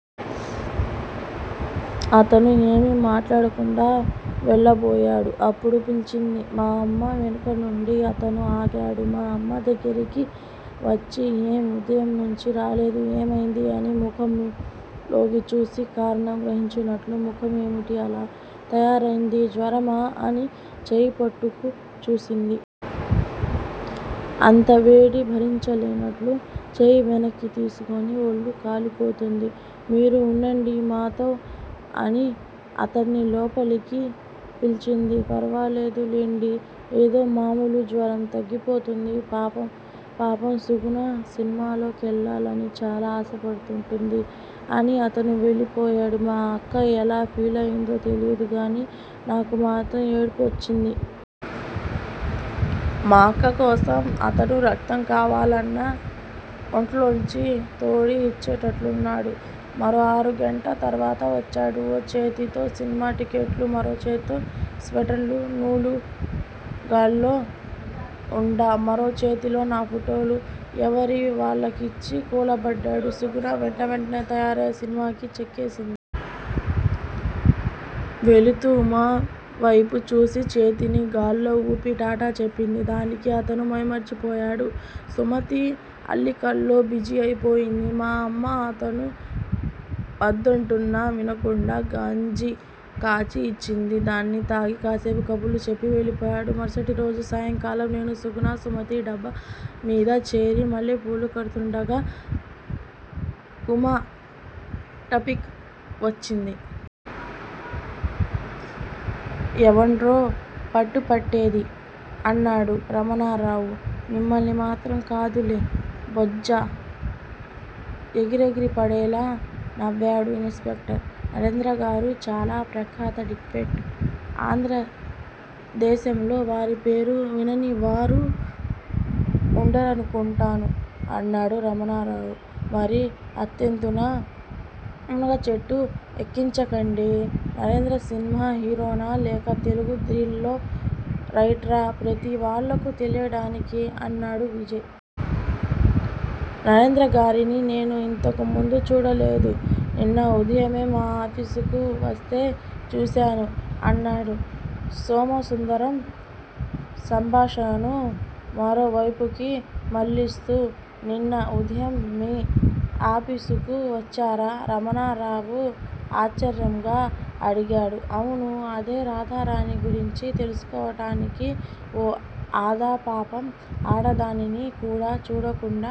అతను ఏమీ మాట్లాడకుండా వెళ్ళబోయాడు. అప్పుడు పిలిచింది మా అమ్మ వెనుకనుండి. అతను ఆగాడు. మా అమ్మ దగ్గరికి వచ్చి ఏం ఉదయం నుంచీ రాలేదు. ఏమైంది? అని ముఖంలోకి చూసి కారణం గ్రహించినట్టు ముఖం ఏమిటి అలా తయారయింది? జ్వరమా? అని చేయి కోట్టుకు చూసింది. అంత వేడి భరించలేనట్లు చేయి వెనక్కి తీసుకుని ఒళ్ళు కాలిపోతోంది. మీరు వుండండి మాతో అని అతన్ని లోపలికి పిలిచింది. ఫరవాలేదులెండి. ఏదో మామూలు జ్వరం. తగ్గిపోతుంది. పాపం సుగుణ సినిమాకెళ్ళాలని చాలా ఆశపడ్డట్టుంది అని అతను వెళ్ళిపోయాడు. మా అక్క ఎలా ఫీలయిందో తెలియదుగానీ నాకు మాత్రం ఏడుపోచ్చింది. మా అక్కకోసం అతను రక్తం కావాలన్నా ఒంట్లోంచి తోడి ఇచ్చేటట్లున్నాడు. మరో అరగంట తర్వత వచ్చాడు. ఓ చేతిలో సినిమా టిక్కెట్లు, మరో చేతిలో స్వెట్టర్ నూలు గాల్లో వుండ, మరో చేతిలో నా ఫోటోలు ఎవరివి వాళ్ళకిచ్చి కూలబడ్డాడు. సుగుణ వెంట వెంటనే తయారై సినిమాకి చెక్కేసి. వెళుతూ ఉమా వేపు చూసి చేతిని గాల్లో వూపి టాటా చెప్పింది. దానికి అతను మైమరిచిపోయాడు. సుమతి అల్లికలో బిజీ అయిపోయింది. మా అమ్మ అతను వద్దంటున్నా వినకుండా గంజి కాచి ఇచ్చింది. దాన్ని తాగి కాసేపు కబుర్లు చెప్పి వెళ్ళిపోయాడు. మరుసటి రోజు సాయంకాలం నేనూ, సుగుణ, సుమతి డాబా మీద చేరి మల్లెపూలు కడుతుండగా ఉమా టపిక్ వచ్చింది. ఎవర్నండోయ్ పట్టు పట్టేది? అన్నాడు రమణరావు. మిమ్మల్ని మాత్రం కాదులే బొజ్జ ఎగిరెగిరిపడేలా నవ్వాడు ఇన్ స్పెక్టర్. నరేంద్రగారు చాలా ప్రఖ్యాత డిటెక్టివ్. ఆంధ్రదేశంలో వారి పేరు వినని వారు ఉండరనుకొంటాను అన్నాడు రమణరావు. మరీ అంతెత్తున మునగచెట్టు ఎక్కించకండి. నరేంద్ర సినిమా హీరోనా లేక తెలుగు థ్రిల్లర్ రైటరా ప్రతి వాళ్ళకూ తెలియడానికి అన్నాడు విజయ్. నరేంద్రగారిని నేను ఇంతకు ముందు చూడలేదు. నిన్న ఉదయమే మా ఆఫీసుకు వస్తే చూశాను అన్నాడు సోమసుందరం సంభాషణను మరో వైపుకు మళ్ళిస్తూ. నిన్న ఉదయం మీ ఆపీసుకు వచ్చారా? రమణరావు ఆశ్చర్యంగా అడిగాడు. అవును. అదే రాధారాణి గురించి తెలుసుకోవడానికి ఓ అదా! పాపం! ఆడదని కూడా చూడకుండా